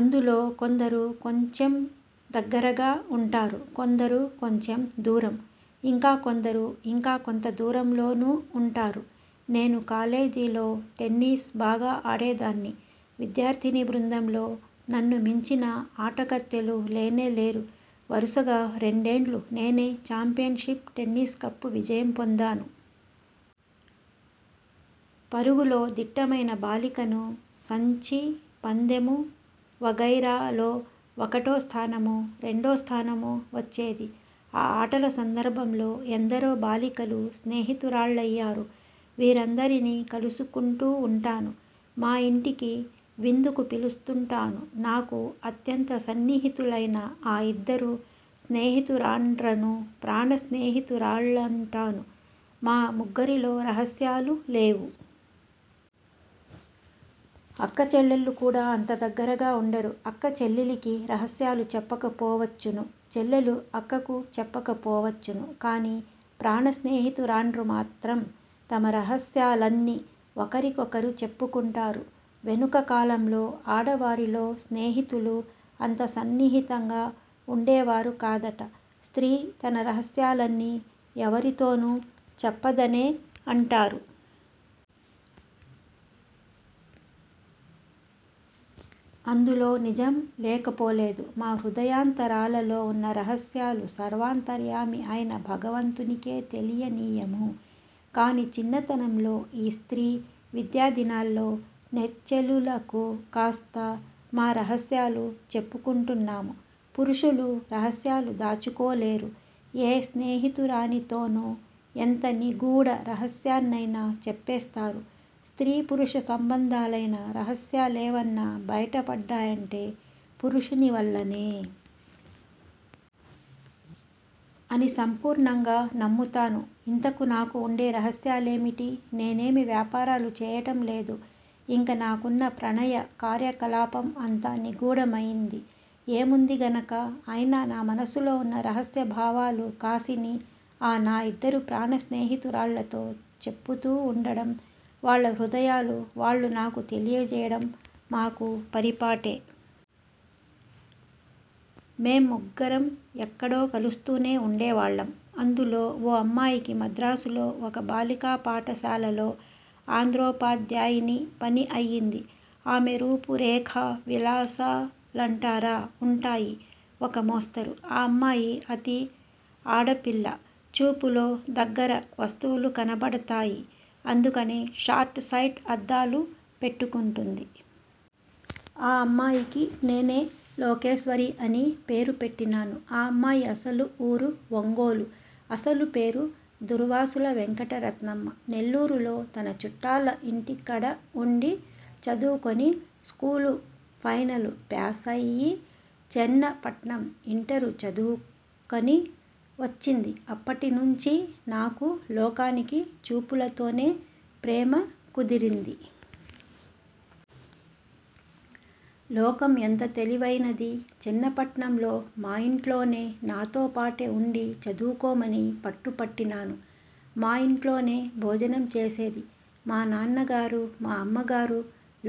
అందులో కొందరు కొంచెం దగ్గరగా ఉంటారు, కొందరు కొంచెం దూరం, ఇంకా కొందరు ఇంకా కొంతదూరంలోను ఉంటారు. నేను కాలేజేలో టెన్నిస్ బాగా ఆడేదాన్ని. విద్యార్ధినీ బృందంలో నన్ను మించిన ఆటకత్తెలు లేనేలేరు, వరుసగా రెండేండ్లు నేనె ఛాంపియన్ షిప్ టెన్నిస్ కప్పు విజయం పొందాను. పరుగులో దిట్టమైన బాలికను. సంచి పందెము వగైరాలో ఒకటో స్థానమో, రెండో స్థానమో వచ్చేది. ఆ ఆటల సందర్బంలో ఎందరో బాలికలు స్నేహితురాళ్ళయ్యారు. వీరందరినీ కలుసుకుంటూ ఉంటాను. మా యింటికి విందుకు పిలుస్తూంటాను. నాకు అత్యంత సన్నిహితులయిన ఆ ఇద్దరు స్నేహితురాండ్రనూ ప్రాణ స్నేహితురాళ్ళంటాను. మా ముగ్గరిలో రహస్యాలు లేవు. అక్క చెల్లెళ్ళు కూడా అంత దగ్గరగా ఉండరు. అక్క చెల్లెలికి రహస్యాలు చెప్పకపోవచ్చును. చెల్లెలు అక్కకు చెప్పకపోవచ్చును. కాని ప్రాణ స్నేహితురాండ్రు మాత్రం తమ రహస్యాలన్నీ ఒకరికొకరు చెప్పుకుంటారు. వెనుక కాలంలో ఆడవారిలో స్నేహితులు అంత సన్నిహితంగా ఉండేవారు కాదట. స్త్రీ తన రహస్యాలన్నీ ఎవరితోనూ చెప్పదనే అంటారు. అందులో నిజం లేకపోలేదు. మా హృదయాంతరాలలో ఉన్న రహస్యాలు సర్వాంతర్యామియైన భగవంతునికే తెలియనియ్యము. కాని చిన్నతనంలో ఈ స్త్రీ విద్యాదినాల్లో నెచ్చెలులకు కాస్త మా రహస్యాలు చెప్పుకుంటున్నాము. పురుషులు రహస్యాలు దాచుకోలేరు. ఏ స్నేహితురానితోనో ఎంత నిగూఢ రహస్యాన్నైనా చెప్పేస్తారు. స్త్రీ పురుష సంబంధాలైన రహస్యాలేవన్నా బయటపడ్డాయంటే పురుషుని వల్లనే. అవి సంపూర్ణంగా నమ్ముతాను. ఇంతకూ నాకు ఉండే రహస్యాలేమిటి? నే నేమీ వ్యాపారాలు చేయటంలేదు. ఇంక నాకున్న ప్రణయ కార్యకలాపం అంత నిగూఢమైంది ఏముందిగనకా? అయినా నా మనసులో ఉన్న రహస్యభావాలు కాసిని, ఆ నా ఇద్దరు ప్రాణ స్నేహితురాళ్ళతో చెప్పుతూ వుండడం, వాళ్ళ హృదయాలు వాళ్ళు నాకు తెలియజేయడం మాకు పరిపాటే. మేం ముగ్గరం ఎక్కడో కలుస్తూనే ఉండేవాళ్ళం. అందులో ఓ అమ్మాయికి మద్రాసులో ఒక బాలికా పాఠశాలలో ఆంద్రోపాద్యాయిని పని అయింది. ఆమె రూపు రేఖా విలాసా లంటారా? ఉంటాయి ఒక మోస్తరు. ఆ అమ్మాయి అతి ఆడపిల్ల. చూపులో దగ్గర వస్తువులు కనబడతాయి. అందుకని షార్ట్ సైట్ అద్దాలు పెట్టుకుంటుంది. ఆ అమ్మాయికి నేనె లోకేశ్వరి అని పేరు పెట్టినాను. ఆ అమ్మాయి అసలు ఊరు ఒంగోలు. అసలు పేరు దుర్వాసుల వెంకటరత్నమ్మ. నెల్లూరులో తన చుట్టాల ఇంటికడ ఉండి చదువుకొని, స్కూలు ఫైనలు ప్యాసయి చెన్న పట్నం ఇంటరు చదువుకని వచ్చింది. అప్పటినుంచీ నాకూ, 'లోకా'నికీ చూపులతోనే ప్రేమ కుదిరింది. లోకం ఎంత తెలివైనది! చెన్నపట్నంలో మాయింట్లోనే నాతోపాటే ఉండి చదువుకోమని పట్టుపట్టినాను. మా ఇంట్లోనే భోజనం చేసేది. మా నాన్న గారూ, మా అమ్మగారూ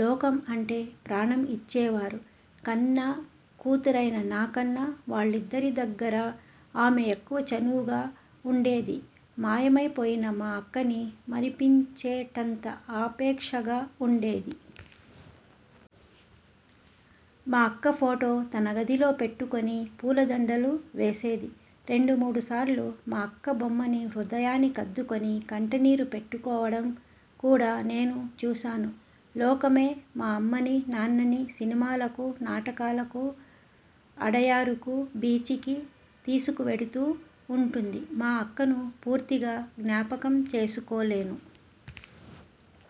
లోకం అంటే ప్రాణం ఇచ్చేవారు. కన్నా కూతురైన నాకన్న వాళ్ళిద్దరి దగ్గరా ఆమె ఎక్కువ చనువుగా ఉండేది. మాయమైపోయిన మా అక్కని మరపించేటంత ఆపేక్షగా వుండేది. మా అక్క ఫోటో తన గదిలో పెట్టుకొని పూలదండలు వేసేది. రెండు మూడుసార్లు మా అక్క బొమ్మను హృదయాని కద్దుకొని కంటినీరు పెట్టుకోవడం కూడా నేను చూశాను. లోకమే మా అమ్మనీ, నాన్ననీ సినిమాలకు, నాటకాలకు అడయారుకు, బీచికీ తీసుకువెడుతూ ఉంటుంది. మా అక్కను పూర్తిగా జ్ఞాపకం చేసుకోలేను.